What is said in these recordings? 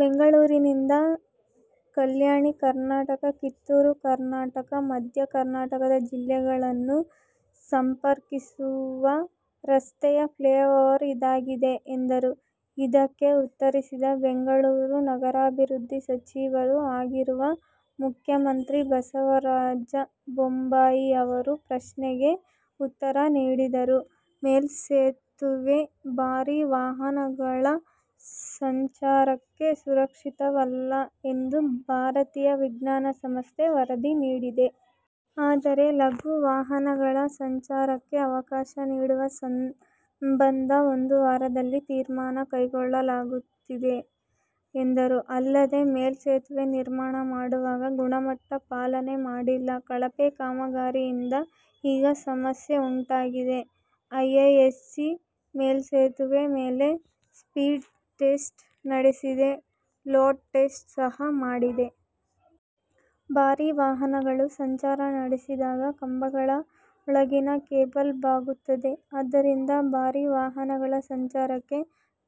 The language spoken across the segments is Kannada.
ಬೆಂಗಳೂರಿನಿಂದ ಕಲ್ಯಾಣ ಕರ್ನಾಟಕ, ಕಿತ್ತೂರು ಕರ್ನಾಟಕ, ಮಧ್ಯ ಕರ್ನಾಟಕದ ಜಿಲ್ಲೆಗಳನ್ನು ಸಂಪರ್ಕಿಸುವ ರಸ್ತೆಯ ಫ್ಲೈ ಓವರ್ ಇದಾಗಿದೆ ಎಂದರು. ಇದಕ್ಕೆ ಉತ್ತರಿಸಿದ ಬೆಂಗಳೂರು ನಗರಾಭಿವೃದ್ಧಿ ಸಚಿವರೂ ಆಗಿರುವ ಮುಖ್ಯಮಂತ್ರಿ ಬಸವರಾಜ ಬೊಮ್ಮಾಯಿ ಈ ಪ್ರಶ್ನೆಗೆ ಉತ್ತರ ನೀಡಿದರು. "ಮೇಲ್ಸೆತುವೆ ಭಾರೀ ವಾಹನಗಳ ಸಂಚಾರಕ್ಕೆ ಸುರಕ್ಷಿತವಲ್ಲ ಎಂದು ಭಾರತೀಯ ವಿಜ್ಞಾನ ಸಂಸ್ಥೆ ವರದಿ ನೀಡಿದೆ. ಆದರೆ ಲಘು ವಾಹನಗಳ ಸಂಚಾರಕ್ಕೆ ಅವಕಾಶ ನೀಡುವ ಸಂಬಂಧ ಒಂದು ವಾರದಲ್ಲಿ ತೀರ್ಮಾನ ಕೈಗೊಳ್ಳಲಾಗುತ್ತದೆ" ಎಂದರು. ಅಲ್ಲದೆ 'ಮೇಲ್ಸೆತುವೆ ನಿರ್ಮಾಣ ಮಾಡುವಾಗ ಗುಣಮಟ್ಟ ಪಾಲನೆ ಮಾಡಿಲ್ಲ. ಕಳಪೆ ಕಾಮಗಾರಿಯಿಂದ ಈಗ ಸಮಸ್ಯೆ ಉಂಟಾಗಿದೆ. ಐಐಎಸ್ಸಿ ಮೇಲ್ಸೆತುವೆ ಮೇಲೆ ಸ್ಪೀಡ್ ಟೆಸ್ಟ್ ನಡೆಸಿದೆ, ಲೋಡ್ ಟೆಸ್ಟ್ ಸಹ ಮಾಡಿದೆ. ಭಾರೀ ವಾಹನಗಳು ಸಂಚಾರ ನಡೆಸಿದಾಗ ಕಂಬಗಳ ಒಳಗಿನ ಕೇಬಲ್ ಬಾಗುತ್ತದೆ. ಆದ್ದರಿಂದ ಭಾರೀ ವಾಹನಗಳ ಸಂಚಾರಕ್ಕೆ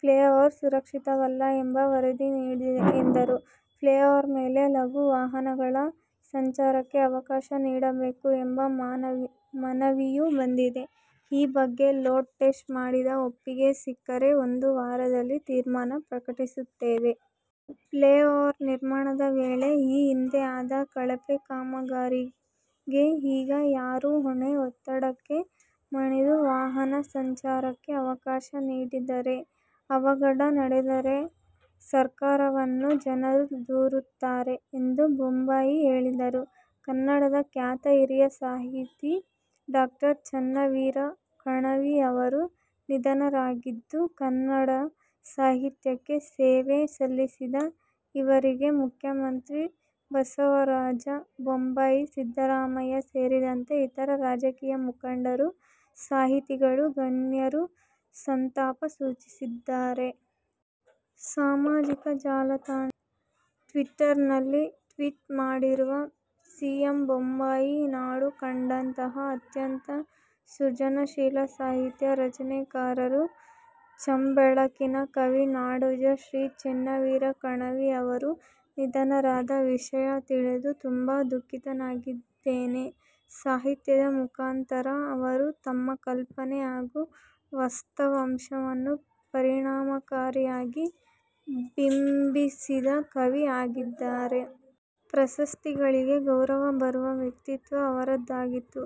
ಫ್ಲೈ ಓವರ್ ಸುರಕ್ಷಿತವಲ್ಲ ಎಂಬ ವರದಿ ನೀಡಿದೆ ಎಂದರು. "ಫ್ಲೈ ಓವರ್ ಮೇಲೆ ಲಘು ವಾಹನಗಳ ಸಂಚಾರಕ್ಕೆ ಅವಕಾಶ ನೀಡಬೇಕು ಎಂಬ ಮನವಿಯೂ ಬಂದಿದೆ. ಈ ಬಗ್ಗೆ ಲೋಡ್ ಟೆಸ್ಟ್ ಮಾಡಿಸಿ ಒಪ್ಪಿಗೆ ಸಿಕ್ಕರೆ ಒಂದು ವಾರದಲ್ಲಿ ತೀರ್ಮಾನ ಪ್ರಕಟಿಸುತ್ತೇವೆ. ಫ್ಲೈ ಓವರ್ ನಿರ್ಮಾಣದ ವೇಳೆ ಈ ಹಿಂದೆ ಆದ ಕಳಪೆ ಕಾಮಗಾರಿಗೆ ಈಗ ಯಾರು ಹೊಣೆ. ಒತ್ತಡಕ್ಕೆ ಮಣಿದು ವಾಹನ ಸಂಚಾರಕ್ಕೆ ಅವಕಾಶ ನೀಡಿದರೆ ಅವಘಡ ನಡೆದರೆ ಸರ್ಕಾರವನ್ನು ಜನರು ದೂರುತ್ತಾರೆ ಎಂದು ಬೊಮ್ಮಾಯಿ ಹೇಳಿದರು. ಕನ್ನಡದ ಖ್ಯಾತ ಹಿರಿಯ ಸಾಹಿತಿ ಡಾ. ಚೆನ್ನವೀರ ಕಣವಿ ಅವರು ನಿಧನರಾಗಿದ್ದು, ಕನ್ನಡ ಸಾಹಿತ್ಯಕ್ಕೆ ಸೇವೆ ಸಲ್ಲಿಸಿದ ಇವರಿಗೆ ಮುಖ್ಯಮಂತ್ರಿ ಬಸವರಾಜ ಬೊಮ್ಮಾಯಿ, ಸಿದ್ದರಾಮಯ್ಯ ಸೇರಿದಂತೆ ಇತರೆ ರಾಜಕೀಯ ಮುಖಂಡರು, ಸಾಹಿತಿಗಳು, ಗಣ್ಯರು ಸಂತಾಪ ಸೂಚಿಸಿದ್ದಾರೆ. ಸಾಮಾಜಿಕ ಜಾಲತಾಣ ಟ್ವಿಟರ್ ನಲ್ಲಿ ಟ್ವೀಟ್ ಮಾಡಿರುವ ಸಿಎಂ ಬೊಮ್ಮಾಯಿ, ನಾಡು ಕಂಡಂತಹ ಅತ್ಯಂತ ಸೃಜನಶೀಲ ಸಾಹಿತ್ಯ ರಚನೆಕಾರರು, ಚಂಬೆಳಕಿನ ಕವಿ, ನಾಡೋಜ ಶ್ರೀ ಚೆನ್ನವೀರ ಕಣವಿ ಅವರು ನಿಧನರಾದ ವಿಷಯ ತಿಳಿದು ತುಂಬಾ ದುಃಖಿತನಾಗಿದ್ದೇನೆ. ಸಾಹಿತ್ಯದ ಮುಖಾಂತರ ಅವರು ತಮ್ಮ ಕಲ್ಪನೆ ಹಾಗೂ ವಾಸ್ತವಾಂಶವನ್ನು ಪರಿಣಾಮಕಾರಿಯಾಗಿ ಬಿಂಬಿಸಿದ ಕವಿ ಆಗಿದ್ದರು. ಪ್ರಶಸ್ತಿಗಳಿಗೆ ಗೌರವ ಬರುವ ವ್ಯಕ್ತಿತ್ವ ಅವರದಾಗಿತ್ತು.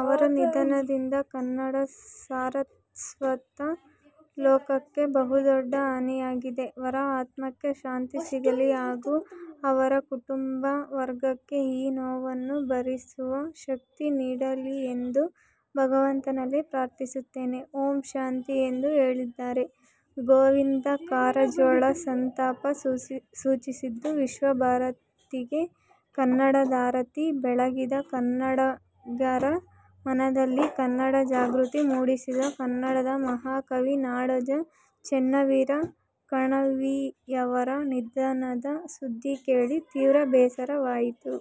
ಅವರ ನಿಧನದಿಂದ ಕನ್ನಡ ಸಾರಸ್ವತ ಲೋಕಕ್ಕೆ ಬಹುದೊಡ್ಡ ಹಾನಿಯಾಗಿದೆ. ವರ ಆತ್ಮಕ್ಕೆ ಶಾಂತಿ ಸಿಗಲಿ ಹಾಗು ಅವರ ಕುಟುಂಬ ವರ್ಗಕ್ಕೆ ಈ ನೋವನ್ನು ಭರಿಸುವ ಶಕ್ತಿ ನೀಡಲಿಯೆಂದು ಭಗವಂತನಲ್ಲಿ ಪ್ರಾರ್ಥಿಸುತ್ತೇನೆ. ಓಂ ಶಾಂತಿಃ ಎಂದು ಹೇಳಿದ್ದಾರೆ. ಗೋವಿಂದ ಕಾರಜೋಳ ಸಂತಾಪ ಸೂಚಿಸಿದ್ದು, ವಿಶ್ವ ಭಾರತಿಗೆ ಕನ್ನಡಧಾರತಿ ಬೆಳಗಿದ ಕನ್ನಡಿಗರ ಮನದಲ್ಲಿ ಕನ್ನಡ ಜಾಗೃತಿ ಮೂಡಿಸಿದ ಕನ್ನಡದ ಮಹಾಕವಿ ನಾಡೋಜ ಚೆನ್ನವೀರ ಕಣವಿಯವರ ನಿಧನದ ಸುದ್ಧಿ ಕೇಳಿ ತೀವ್ರ ಬೇಸರವಾಯಿತು.